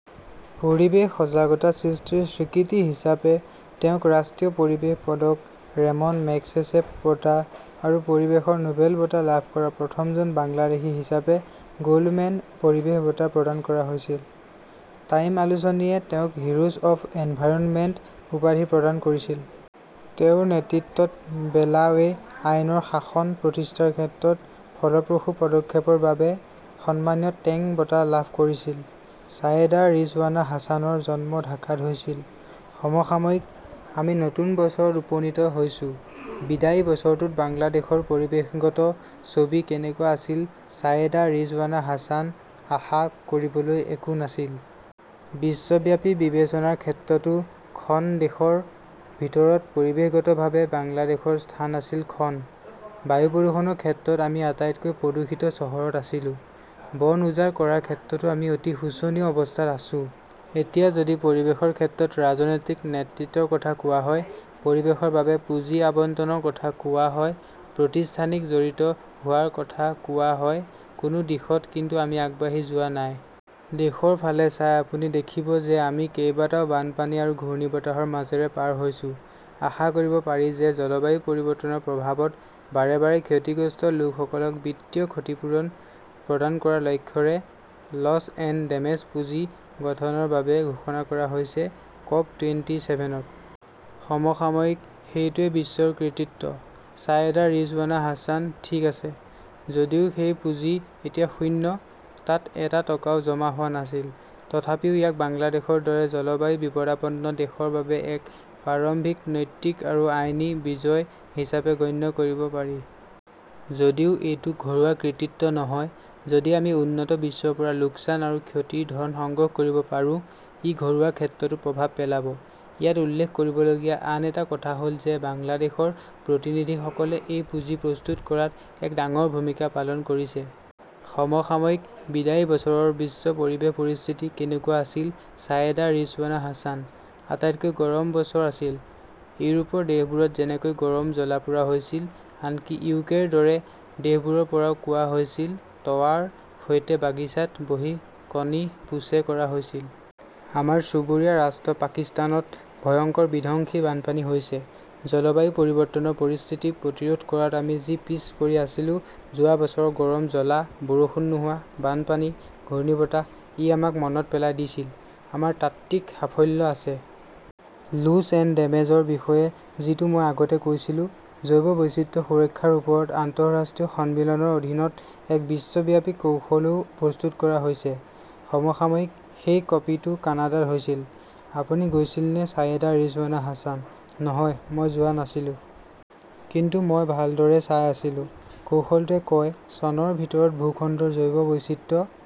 পৰিৱেশ সজাগতা সৃষ্টিৰ স্বীকৃতি হিচাপে তেওঁক ৰাষ্ট্ৰীয় পৰিৱেশ পদক, ৰেমন মেগছেছে বঁটা আৰু পৰিৱেশৰ নোবেল বঁটা লাভ কৰা প্ৰথমজন বাংলাদেশী হিচাপে গোল্ডমেন পৰিৱেশ বঁটা প্ৰদান কৰা হৈছিল। টাইম আলোচনীয়ে তেওঁক হিৰোজ অৱ এনভাইৰনমেণ্ট উপাধি প্ৰদান কৰিছিল। তেওঁৰ নেতৃত্বত বেলাৱে আইনৰ শাসন প্ৰতিষ্ঠাৰ ক্ষেত্ৰত ফলপ্ৰসূ পদক্ষেপৰ বাবে সন্মানীয় টেং বঁটা লাভ কৰিছিল। ছায়েদা ৰিজৱানা হাছানৰ জন্ম ঢাকাত হৈছিল। সমসাময়িকঃ আমি নতুন বছৰত উপনীত হৈছো। বিদায়ী বছৰটোত বাংলাদেশৰ পৰিৱেশগত ছবি কেনেকুৱা আছিল ছায়েদা ৰিজৱানা হাছানঃ আশা কৰিবলৈ একো নাছিল। বিশ্বব্যাপী বিবেচনাৰ ক্ষেত্ৰতো খন দেশৰ ভিতৰত পৰিৱেশগতভাৱে বাংলাদেশৰ স্থান আছিল খন। বায়ু প্ৰদূষণৰ ক্ষেত্ৰত আমি আটাইতকৈ প্ৰদূষিত চহৰত আছিলো। বন উজাৰ কৰাৰ ক্ষেত্ৰতো আমি অতি শোচনীয় অৱস্থাত আছো। এতিয়া যদি পৰিৱেশৰ ক্ষেত্ৰত ৰাজনৈতিক নেতৃত্বৰ কথা কোৱা হয়, পৰিৱেশৰ বাবে পুঁজি আবণ্টনৰ কথা কোৱা হয়, প্ৰতিষ্ঠানিক জড়িত হোৱাৰ কথা কোৱা হয়-কোনো দিশত কিন্তু আমি আগবাঢ়ি যোৱা নাই। দেশৰ ফালে চাই আপুনি দেখিব যে আমি কেইবাটাও বানপানী আৰু ঘূৰ্ণীবতাহৰ মাজেৰে পাৰ হৈছো। আশা কৰিব পাৰি যে জলবায়ু পৰিৱৰ্তনৰ প্ৰভাৱত বাৰে বাৰে ক্ষতিগ্ৰস্ত লোকসকলক বিত্তীয় ক্ষতিপূৰণ প্ৰদান কৰাৰ লক্ষ্যৰে লছ এণ্ড ডেমেজ পুঁজি গঠনৰ বাবে ঘোষণা কৰা হৈছে কপ টুৱেণ্টিচেভেনত। সমসাময়িকঃ সেইটোৱেই বিশ্বৰ কৃতিত্ব। ছায়েদা ৰিজৱানা হাছানঃ ঠিক আছে। যদিও সেই পুঁজি এতিয়া শূন্য, তাত এটা টকাও জমা হোৱা নাছিল। তথাপিও ইয়াক বাংলাদেশৰ দৰে জলবায়ু বিপদাপন্ন দেশৰ বাবে এক প্ৰাৰম্ভিক নৈতিক আৰু আইনী বিজয় হিচাপে গণ্য কৰিব পাৰি। যদিও এইটো ঘৰুৱা কৃতিত্ব নহয়, যদি আমি উন্নত বিশ্বৰ পৰা লোকচান আৰু ক্ষতিৰ ধন সংগ্ৰহ কৰিব পাৰোঁ, ই ঘৰুৱা ক্ষেত্ৰতো প্ৰভাৱ পেলাব। ইয়াত উল্লেখ কৰিবলগীয়া আন এটা কথা হ’ল যে বাংলাদেশৰ প্ৰতিনিধিসকলে এই পুঁজি প্ৰস্তুত কৰাত এক ডাঙৰ ভূমিকা পালন কৰিছে। সমসাময়িকঃ বিদায়ী বছৰৰ বিশ্ব পৰিৱেশ পৰিস্থিতি কেনেকুৱা আছিল ছায়েদা ৰিজৱানা হাছানঃ আটাইতকৈ গৰম বছৰ আছিল। ইউৰোপৰ দেশবোৰত যেনেকৈ গৰম জ্বলা-পোৰা হৈছিল, আনকি ইউকেৰ দৰে দেশবোৰৰ পৰাও কোৱা হৈছিল, তৱাৰ সৈতে বাগিচাত বহি কণী পোছে কৰা হৈছিল। আমাৰ চুবুৰীয়া ৰাষ্ট্ৰ পাকিস্তানত ভয়ংকৰ বিধ্বংসী বানপানী হৈছে। জলবায়ু পৰিৱৰ্তনৰ পৰিস্থিতি প্ৰতিৰোধ কৰাত আমি যি পিছ পৰি আছিলো-যোৱা বছৰৰ গৰম জ্বলা, বৰষুণ নোহোৱা, বানপানী, ঘূৰ্ণীবতাহ-ই আমাক মনত পেলাই দিছিল। আমাৰ তাত্ত্বিক সাফল্য আছে। লোছ এণ্ড ডেমেজৰ বিষয়ে, যিটো মই আগতে কৈছিলো। জৈৱ বৈচিত্ৰ্য সুৰক্ষাৰ ওপৰত আন্তঃৰাষ্ট্ৰীয় সন্মিলনৰ অধীনত এক বিশ্বব্যাপী কৌশলও প্ৰস্তুত কৰা হৈছে। সমসাময়িকঃ সেই কপিটো কানাডাত হৈছিল। আপুনি গৈছিলনে ছায়েদা ৰিজৱানা হাছানঃ নহয়, মই যোৱা নাছিলো। কিন্তু মই ভালদৰে চাই আছিলো। কৌশলটোৱে কয়- চনৰ ভিতৰত ভূখণ্ডৰ জৈৱ বৈচিত্ৰ্য